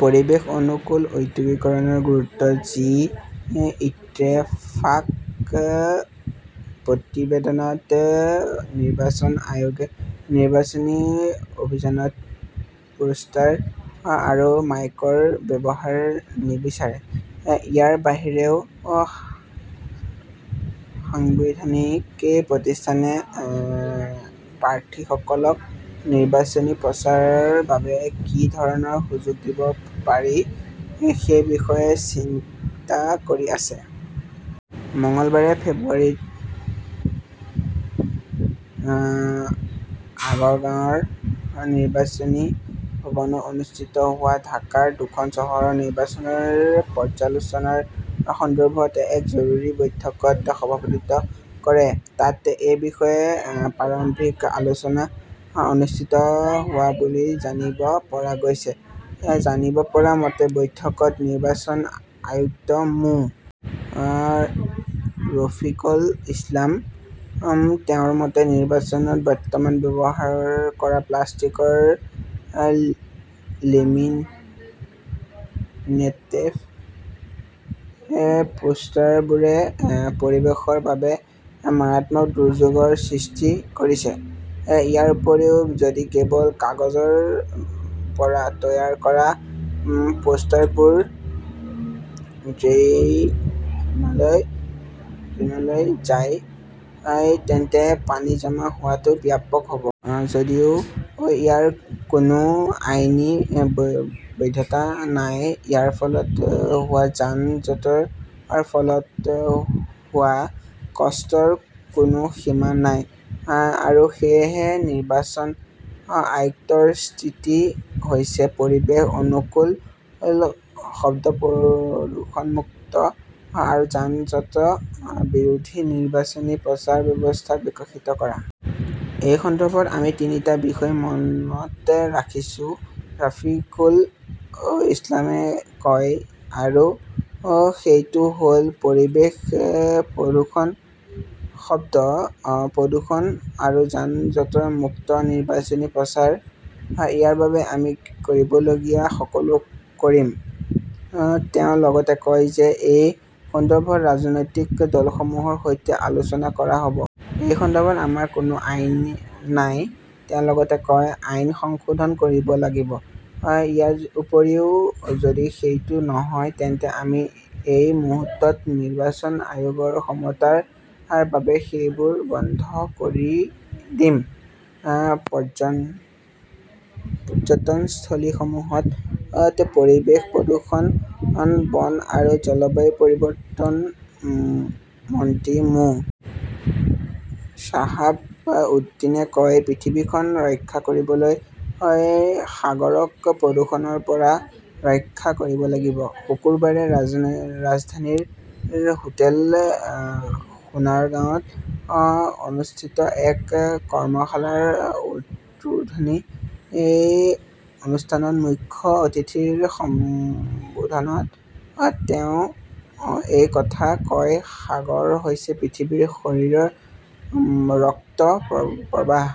পৰিৱেশ অনুকূল ঔদ্যোগিকৰণৰ গুৰুত্ব জি ইত্তেফাক প্ৰতিবেদনত নিৰ্বাচন আয়োগে নিৰ্বাচনী অভিযানত পোষ্টাৰ আৰু মাইকৰ ব্যৱহাৰ নিবিচাৰে। ইয়াৰ বাহিৰেও সাংবিধানিক প্ৰতিষ্ঠানে প্ৰাৰ্থীসকলক নিৰ্বাচনী প্ৰচাৰৰ বাবে কি ধৰণৰ সুযোগ দিব পাৰি সেই বিষয়ে চিন্তা কৰি আছে। মঙলবাৰে ফেব্ৰুৱাৰীত আগৰগাঁওৰ নিৰ্বাচনী ভৱনত অনুষ্ঠিত হোৱা ঢাকাৰ দুখন চহৰৰ নিৰ্বাচনৰ পৰ্যালোচনাৰ সন্দৰ্ভত এক জৰুৰী বৈঠকত সভাপতিত্ব কৰে। তাত এই বিষয়ে প্ৰাৰম্ভিক আলোচনা অনুষ্ঠিত হোৱা বুলি জানিব পৰা গৈছে। জানিব পৰা মতে, বৈঠকত নিৰ্বাচন আয়ুক্ত মো. ৰাফিকল ইছলাম। তেওঁৰ মতে, নিৰ্বাচনত বৰ্তমান ব্যৱহাৰ কৰা প্লাষ্টিকৰ লেমিনেটেড পোষ্টাৰবোৰে পৰিৱেশৰ বাবে মাৰাত্মক দুৰ্যোগৰ সৃষ্টি কৰিছে। ইয়াৰ উপৰিও, যদি কেৱল কাগজৰ পৰা তৈয়াৰ কৰা পোষ্টাৰবোৰ ড্ৰেইনলৈ যায়, তেন্তে পানী জমা হোৱাটো ব্যাপক হ 'ব। যদিও ইয়াৰ কোনো আইনী বৈধতা নাই। ইয়াৰ ফলত হোৱা যান-জঁটৰ ফলত হোৱা কষ্টৰ কোনো সীমা নাই আৰু সেয়েহে, নিৰ্বাচন আয়ুক্তৰ স্থিতি হৈছে পৰিৱেশ অনুকূল, শব্দ প্ৰদূষণমুক্ত আৰু যান-জঁট বিৰোধী নিৰ্বাচনী প্ৰচাৰ ব্যৱস্থা বিকশিত কৰা। এই সন্দৰ্ভত আমি তিনিটা বিষয় মনত ৰাখিছো, ৰাফিকল ইছলামে কয়। আৰু সেইটো হ'ল-পৰিৱেশ প্ৰদূষণ, শব্দ প্ৰদূষণ আৰু যান-জঁট-মুক্ত নিৰ্বাচনী প্ৰচাৰ। ইয়াৰ বাবে আমি কৰিবলগীয়া সকলো কৰিম। তেওঁ লগতে কয় যে, এই সন্দৰ্ভত ৰাজনৈতিক দলসমূহৰ সৈতে আলোচনা কৰা হ'ব। এই সন্দৰ্ভত আমাৰ কোনো আইন নাই, তেওঁ লগতে কয়। আইন সংশোধন কৰিব লাগিব। ইয়াৰ উপৰিও, যদি সেইটো নহয়, তেন্তে আমি এই মুহূৰ্তত নিৰ্বাচন আয়োগৰ ক্ষমতাৰ বাবে সেইবোৰ বন্ধ কৰি দিম। পৰ্যটনস্থলীসমূহত পৰিৱেশ প্ৰদূষণ, বন আৰু জলবায়ু পৰিৱৰ্তন মন্ত্ৰী মো. শ্বাহাব উদ্দিনে কয়, পৃথিৱীখন ৰক্ষা কৰিবলৈ সাগৰক প্ৰদূষণৰ পৰা ৰক্ষা কৰিব লাগিব।‌শুকুৰবাৰে ৰাজধানীৰ হোটেল সোনাৰগাঁৱত অনুষ্ঠিত এক কৰ্মশালাৰ উদ্বোধনী অনুষ্ঠানত মুখ্য অতিথিৰ সম্বোধনত তেওঁ এই কথা কয়, সাগৰ হৈছে পৃথিৱীৰ শৰীৰৰ ৰক্ত প্ৰবাহ।